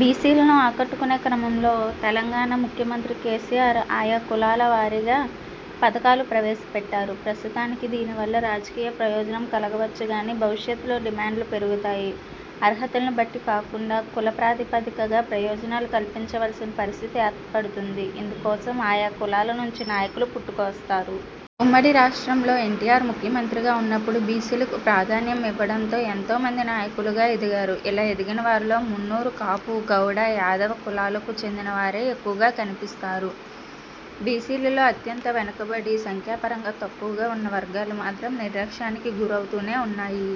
బీసీలను ఆకట్టుకునే క్రమంలో తెలంగాణ ముఖ్యమంత్రి కేసీఆర్ ఆయా కులాల వారీగా పథకాలు ప్రవేశపెట్టారు. ప్రస్తుతానికి దీనివల్ల రాజకీయ ప్రయోజనం కలగవచ్చుగానీ భవిష్యత్తులో డిమాండ్లు పెరుగుతాయి. అర్హతలను బట్టి కాకుండా కుల ప్రాతిపదికగా ప్రయోజనాలు కల్పించవలసిన పరిస్థితి ఏర్పడుతుంది. ఇందుకోసం ఆయా కులాల నుంచి నాయకులు పుట్టుకువస్తారు. ఉమ్మడి రాష్ట్రంలో ఎన్టీఆర్ ముఖ్యమంత్రిగా ఉన్నప్పుడు బీసీలకు ప్రాధాన్యం ఇవ్వడంతో ఎంతో మంది నాయకులుగా ఎదిగారు. ఇలా ఎదిగిన వారిలో మున్నూరు కాపు, గౌడ, యాదవ కులాలకు చెందినవారే ఎక్కువగా కనిపిస్తారు. బీసీలలో అత్యంత వెనుకబడి, సంఖ్యాపరంగా తక్కువగా ఉన్న వర్గాలు మాత్రం నిరక్ష్యానికి గురవుతూనే ఉన్నాయి.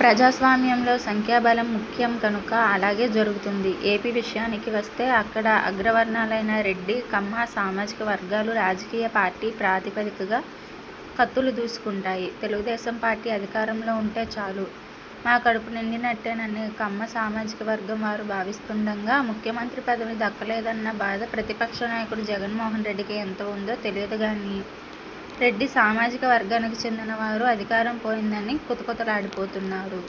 ప్రజాస్వామ్యంలో సంఖ్యాబలం ముఖ్యం కనుక అలాగే జరుగుతుంది. ఏపీ విషయానికి వస్తే అక్కడ అగ్రవర్ణాలైన రెడ్డి, కమ్మ సామాజిక వర్గాలు రాజకీయ పార్టీ ప్రాతిపదికగా కత్తులు దూసుకుంటాయి. తెలుగుదేశం పార్టీ అధికారంలో ఉంటే చాలు- మా కడుపు నిండినట్టేనని కమ్మ సామాజిక వర్గం వారు భావిస్తుండగా, ముఖ్యమంత్రి పదవి దక్కలేదన్న బాధ ప్రతిపక్ష నాయకుడు జగన్మోహన్ రెడ్డికి ఎంత ఉందో తెలియదుగానీ రెడ్డి సామాజికవర్గానికి చెందిన వారు అధికారం పోయిందని కుతకుతలాడిపోతున్నారు.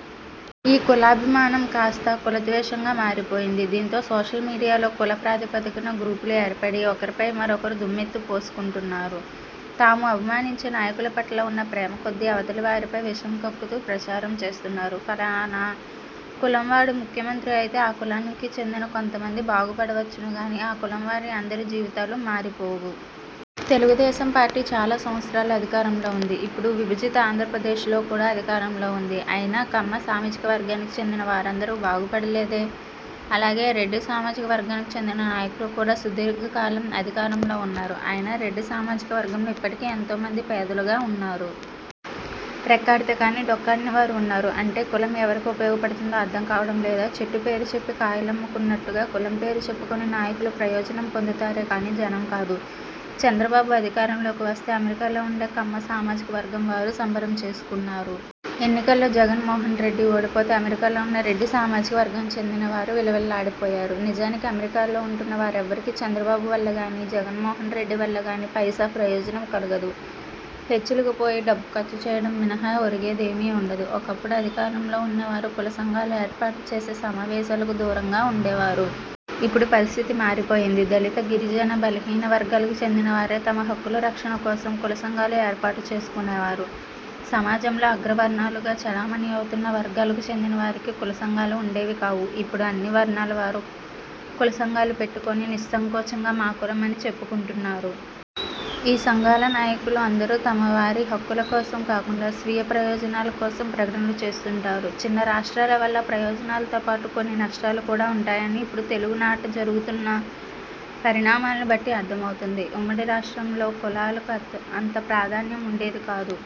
ఈ కులాభిమానం కాస్తా కులద్వేషంగా మారిపోయింది. దీంతో సోషల్ మీడియాలో కులప్రాతిపదికన గ్రూపులు ఏర్పడి ఒకరిపై మరొకరు దుమ్మెత్తి పోసుకుంటున్నారు. తాము అభిమానించే నాయకుల పట్ల ఉన్న ప్రేమకొద్దీ అవతలి వారిపై విషం కక్కుతూ ప్రచారం చేస్తున్నారు. ఫలానా కులంవాడు ముఖ్యమంత్రి అయితే ఆ కులానికి చెందిన కొంతమంది బాగుపడవచ్చునుగానీ, ఆ కులంవారి అందరి జీవితాలు మారిపోవు. తెలుగుదేశం పార్టీ చాలా సంవత్సరాలు అధికారంలో ఉంది. ఇప్పుడు విభజిత ఆంధ్రప్రదేశ్లో కూడా అధికారంలో ఉంది. అయినా కమ్మ సామాజిక వర్గానికి చెందిన వారందరూ బాగుపడలేదే? అలాగే రెడ్డి సామాజికవర్గానికి చెందిన నాయకులు కూడా సుదీర్ఘకాలం అధికారంలో ఉన్నారు. అయినా రెడ్డి సామాజికవర్గంలో ఇప్పటికీ ఎంతోమంది పేదలుగా ఉన్నారు. రెక్కాడితే కాని డొక్కాడని వారు ఉన్నారు. అంటే కులం ఎవరికి ఉపయోగపడుతుందో అర్థంకావడం లేదా? చెట్టు పేరు చెప్పి కాయలమ్ముకున్నట్టుగా కులం పేరు చెప్పుకొని నాయకులు ప్రయోజనం పొందుతారేకానీ జనం కాదు. చంద్రబాబు అధికారంలోకి వస్తే అమెరికాలో ఉండే కమ్మ సామాజిక వర్గంవారు సంబరం చేసుకున్నారు. ఎన్నికలలో జగన్మోహన్రెడ్డి ఓడిపోతే అమెరికాలో ఉన్న రెడ్డి సామాజికవర్గానికి చెందినవారు విలవిలలాడిపోయారు. నిజానికి అమెరికాలో ఉంటున్న వారెవ్వరికీ చంద్రబాబు వల్లగానీ, జగన్మోహన్రెడ్డి వల్లగానీ పైసా ప్రయోజనం కలగదు. హెచ్చులకు పోయి డబ్బు ఖర్చుచేయడం మినహా ఒరిగేది ఏమీ ఉండదు. ఒకప్పుడు అధికారంలో ఉన్నవారు కులసంఘాలు ఏర్పాటు చేసే సమావేశాలకు దూరంగా ఉండేవారు. ఇప్పుడు పరిస్థితి మారిపోయింది. దళిత, గిరిజన, బలహీన వర్గాలకు చెందినవారే తమ హక్కుల రక్షణ కోసం కుల సంఘాలు ఏర్పాటు చేసుకునేవారు. సమాజంలో అగ్రవర్ణాలుగా చెలామణి అవుతున్న వర్గాలకు చెందిన వారికి కులసంఘాలు ఉండేవి కావు. ఇప్పుడు అన్ని వర్ణాల వారూ కులసంఘాలు పెట్టుకుని నిస్సంకోచంగా 'మా కులం' అని చెప్పుకొంటున్నారు. ఈ సంఘాల నాయకులు అందరూ తమవారి హక్కుల కోసం కాకుండా స్వీయ ప్రయోజనాల కోసం ప్రకటనలు చేస్తుంటారు. చిన్న రాష్ర్టాల వల్ల ప్రయోజనాలతోపాటు కొన్ని నష్టాలు కూడా ఉంటాయని ఇప్పుడు తెలుగునాట జరుగుతున్న పరిణామాలను బట్టి అర్థమవుతుంది. ఉమ్మడి రాష్ట్రంలో కులాలకు అంత ప్రాధాన్యం ఉండేది కాదు.